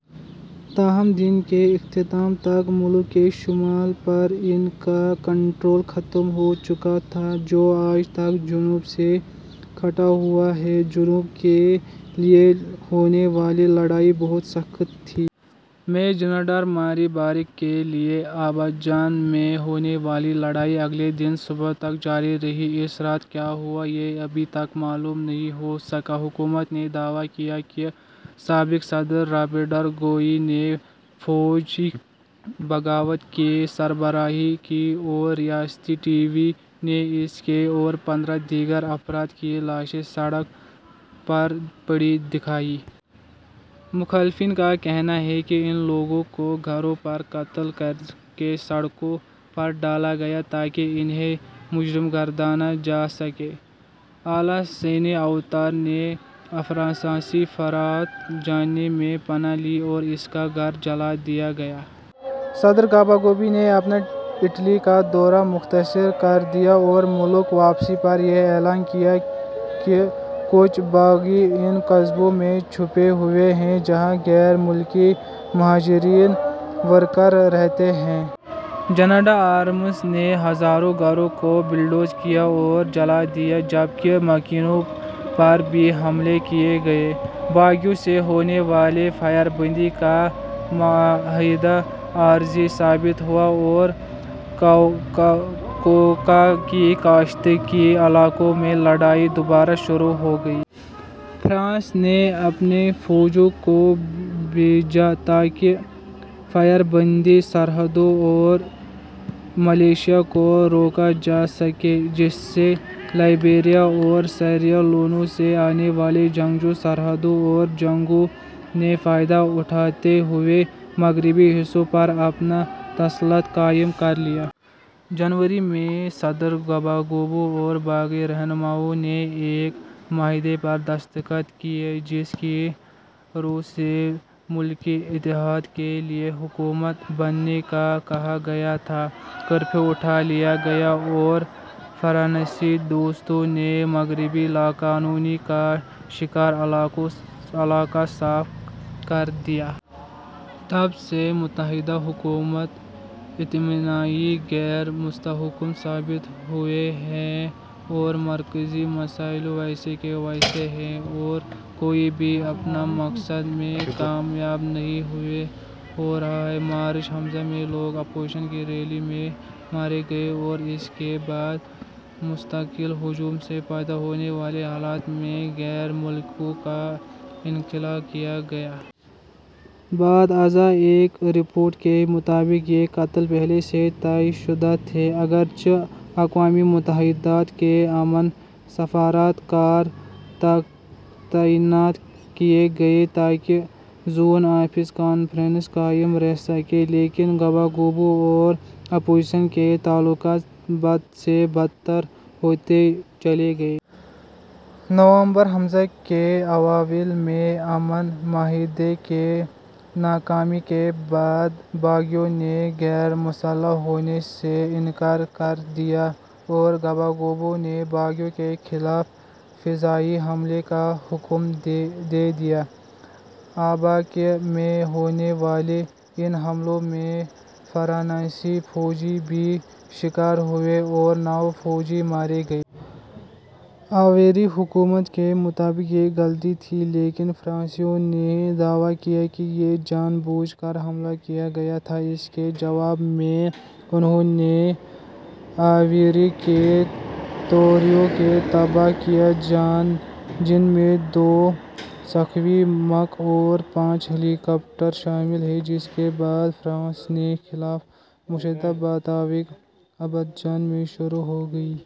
تاہم دن کے اختتام تک ملک کے شمال پر ان کا کنٹرول ختم ہو چکا تھا جو آج تک جنوب سے کٹا ہوا ہے۔ جنوب کے لیے ہونے والی لڑائی بہت سخت تھی۔ مین جینڈارماری بیرک کے لیے عابدجان میں ہونے والی لڑائی اگلے دن صبح تک جاری رہی۔ اس رات کیا ہوا، یہ ابھی تک معلوم نہیں ہو سکا۔ حکومت نے دعویٰ کیا کہ سابقہ صدر رابرٹ گوئی نے فوجی بغاوت کی سربراہی کی اور ریاستی ٹی وی نے اس کی اور پندرہ دیگر افراد کی لاشیں سڑکوں پر پڑی دکھائیں۔ مخالفین کا کہنا ہے کہ ان لوگوں کو گھروں پر قتل کرکے سڑکوں پرڈالا گیا تاکہ انھیں مجرم گردانا جا سکے۔ الاسانے اوتارا نے فرانسیسی سفارت خانے میں پناہ لی اور اس کا گھر جلا دیا گیا۔ صدر گباگبو نے اپنا اٹلی کا دورہ مختصر کر دیا اورملک واپسی پر یہ اعلان کیا کہ کچھ باغی ان قصبوں میں چھپے ہوئے ہیں جہاں غیر ملکی مہاجرین ورکر رہتے ہ یں۔ جینڈآرمس نے ہزاروں گھروں کو بلڈوز کیا اور جلا دیا جبکہ مکینوں پر بھی حملے کیے گئے۔ باغیوں سے ہونے والا فائر بندی کا معاہدہ عارضی ثابت ہوا اور کوکا کی کاشت کے علاقوں میں لڑائی دوبارہ شروع ہو گئی۔ فرانس نے اپنے فوجیوں کو بھیجا تاکہ فائر بندی، سرحدوں اور ملیشیا کو روکا جا سکے جسسے لائبیریا اور سیریالون سے آنے والے جنگی سردار اور جنگجوؤں نے فائدہ اٹھاتے ہوئے مغربی حصوں پر اپنا تسلط قائم کر لیا۔ جنوری ء میں صدر گباگبو اور باغی رہنماؤں نے ایک معاہدے پر دستخط کیے جس کی رو سے "ملکی اتحاد کے لیے حکومت" بنانے کا کہا گیا تھا۔ کرفیو اٹھا لیا گیا اور فرانسیسی دستوں نے مغربی لاقانونیت کا شکار علاقہ صاف کر دیا۔ تب سے متحدہ حکومت انتہائی غیر مستحکم ثابت ہوئی ہے اور مرکزی مسائل ویسے کے ویسے ہیں اور کوئی بھی اپنے مقاصد میں کامیاب نہیں ہو رہا۔ مارچ ء میں لوگ اپوزیشن کی ریلی میں مارے گئے اور اس کے بعد مشتعل ہجوم سے پیدا ہونے والے حالات میں غیر ملکیوں کا انخلا کیا گیا۔ بعد ازاں ایک رپورٹ کے مطابق یہ قتل پہلے سے طے شدہ تھے۔ اگرچہ اقوام متحدہ کے امن سفارت کار تعینات کیے گئے تاکہ زون آف کانفیڈنس قائم رہ سکے لیکن گباگبو اور اپوزیشن کے تعلقات بد سے بدتر ہوتے چلے گئے۔ نومبر ء کے اوائل میں امن معاہدے کی ناکامی کے بعد باغیوں نے غیر مسلح ہونے سے انکار کر دیا اور گباگبو نے باغیوں کے خلاف فضائی حملے کا حکم دے دیا۔ بوآکے میں ہونے والے ان حملوں میں فرانسیسی فوجی بھی شکار ہوئے اور نو فوجی مارے گئے۔ آئیوری حکومت کے مطابق یہ غلطی تھی لیکن فرانسیسیوں نے دعویٰ کیا کہ یہ جان بوجھ کر حملہ کیا گیا تھا۔ اس کے جواب میں انھوں نے آئیوری کے طیاروں کو تباہ کیا جن میں دو سخوئی مگ اور پانچ ہیلی کاپٹر شامل ہیں جس کے بعد فرانس کے خلاف متشدد بغاوتیں عابدجان میں شروع ہو گئیں۔